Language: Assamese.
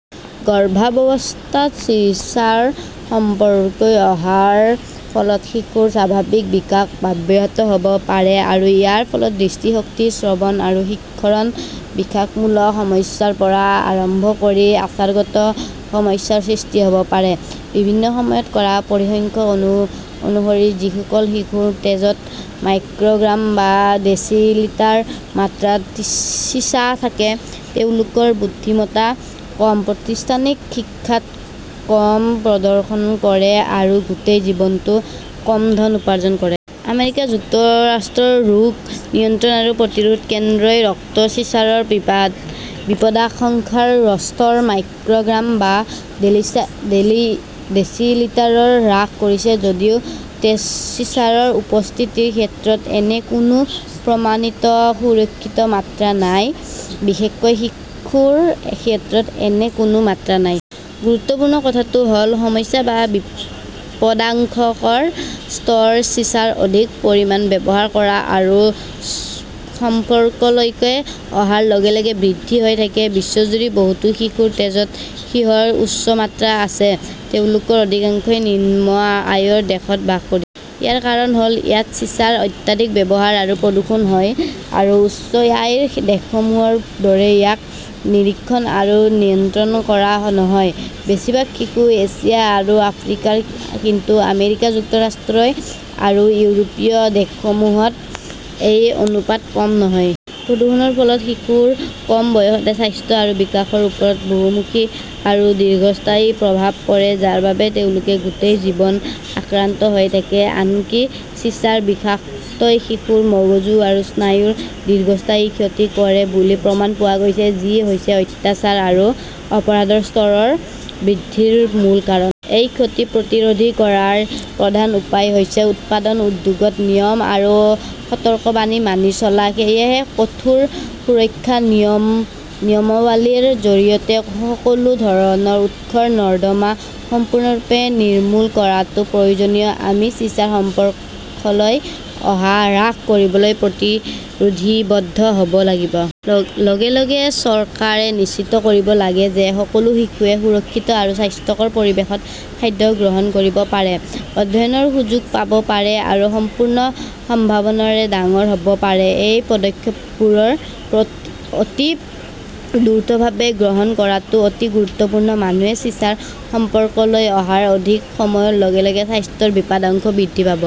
গৰ্ভাৱস্থাত চিছাৰ সংস্পৰ্শলৈ অহাৰ ফলত শিশুৰ স্বাভাৱিক বিকাশ ব্যাহত হ'ব পাৰে আৰু ইয়াৰ ফলত দৃষ্টিশক্তি, শ্ৰৱণ আৰু শিক্ষণৰ বিকাশমূলক সমস্যাৰ পৰা আৰম্ভ কৰি আচৰণগত সমস্যাৰ সৃষ্টি হ'ব পাৰে। বিভিন্ন সময়ত কৰা পৰিসংখ্যা অনুসৰি, যিসকল শিশুৰ তেজত মাইক্ৰ'গ্ৰাম বা ডেচিলিটাৰ মাত্ৰাত চিছা থাকে তেওঁলোকৰ বুদ্ধিমত্তা কম, প্ৰতিষ্ঠানিক শিক্ষাত কম প্ৰদৰ্শন কৰে, আৰু গোটেই জীৱনটোত কম ধন উপাৰ্জন কৰে। আমেৰিকা যুক্তৰাষ্ট্ৰৰ ৰোগ নিয়ন্ত্ৰণ আৰু প্ৰতিৰোধ কেন্দ্ৰই ৰক্তত চিছাৰ বিপদাশংকাৰ স্তৰ মাইক্ৰ'গ্ৰাম বা ডেচিলিটাৰলৈ হ্ৰাস কৰিছে । যদিও তেজত চিছাৰ উপস্থিতিৰ ক্ষেত্ৰত এনে কোনো প্ৰমাণিত 'সুৰক্ষিত মাত্ৰা' নাই; বিশেষকৈ শিশুৰ ক্ষেত্ৰত এনে কোনো মাত্ৰা নাই। গুৰুত্বপূৰ্ণ কথাটো হ 'ল সমস্যা বা বিপদাশংকাৰ স্তৰ চিছাৰ অধিক পৰিমাণ ব্যৱহাৰ কৰা আৰু সংস্পৰ্শলৈ অহাৰ লগে লগে বৃদ্ধি হৈ থাকে। বিশ্বজুৰি বহুতো শিশুৰ তেজত সীহৰ উচ্চ মাত্ৰা আছে। তেওঁলোকৰ অধিকাংশই নিম্ন আয়ৰ দেশত বাস কৰিছিল। ইয়াৰ কাৰণ হ'ল, ইয়াত চিছাৰ অত্যধিক ব্যৱহাৰ আৰু প্ৰদূষণ হয় আৰু উচ্চ আয়ৰ দেশসমূহৰ দৰে ইয়াক নিৰীক্ষণ আৰু নিয়ন্ত্ৰণ কৰা নহয়। বেছিভাগ শিশু এছিয়া আৰু আফ্ৰিকাৰ, কিন্তু আমেৰিকা যুক্তৰাষ্ট্ৰ আৰু ইউৰোপীয় দেশসমূহতো এই অনুপাত কম নহয়। প্ৰদূষণৰ ফলত শিশুৰ কম বয়সতে স্বাস্থ্য আৰু বিকাশৰ ওপৰত বহুমুখী আৰু দীৰ্ঘস্থায়ী প্ৰভাৱ পৰে, যাৰ বাবে তেওঁলোকে গোটেই জীৱন আক্ৰান্ত হৈ থাকে। আনকি চিছাৰ বিষাক্ততাই শিশুৰ মগজু আৰু স্নায়ুৰ দীৰ্ঘস্থায়ী ক্ষতি কৰে বুলি প্ৰমাণ পোৱা গৈছে, যি হৈছে অত্যাচাৰ আৰু অপৰাধৰ স্তৰ বৃদ্ধিৰ মূল কাৰণ। এই ক্ষতি প্ৰতিৰোধ কৰাৰ প্ৰধান উপায় হৈছে উৎপাদন উদ্যোগত নিয়ম আৰু সতৰ্কবাণী মানি চলা। সেয়েহে কঠোৰ সুৰক্ষা নিয়মাৱলীৰ জৰিয়তে সকলো ধৰণৰ উৎসৰ নৰ্দমা সম্পূৰ্ণৰূপে নিৰ্মূল কৰাটো প্ৰয়োজনীয়। আমি চিছাৰ সংস্পৰ্শলৈ অহা হ্ৰাস কৰিবলৈ প্ৰতিশ্ৰুতিবদ্ধ হ'ব লাগিব। লগে লগে চৰকাৰে নিশ্চিত কৰিব লাগিব যে সকলো শিশুৱে সুৰক্ষিত আৰু স্বাস্থ্যকৰ পৰিৱেশত খাদ্য গ্ৰহণ কৰিব পাৰে, অধ্যয়নৰ সুযোগ পাব পাৰে আৰু সম্পূৰ্ণ সম্ভাৱনাৰে ডাঙৰ হ'ব পাৰে। এই পদক্ষেপবোৰ অতি দ্ৰুতভাৱে গ্ৰহণ কৰাটো অতি গুৰুত্বপূৰ্ণ; মানুহে চিছাৰ সংস্পৰ্শলৈ অহাৰ অধিক সময়ৰ লগে লগে স্বাস্থ্যৰ বিপদাশংকা বৃদ্ধি পাব।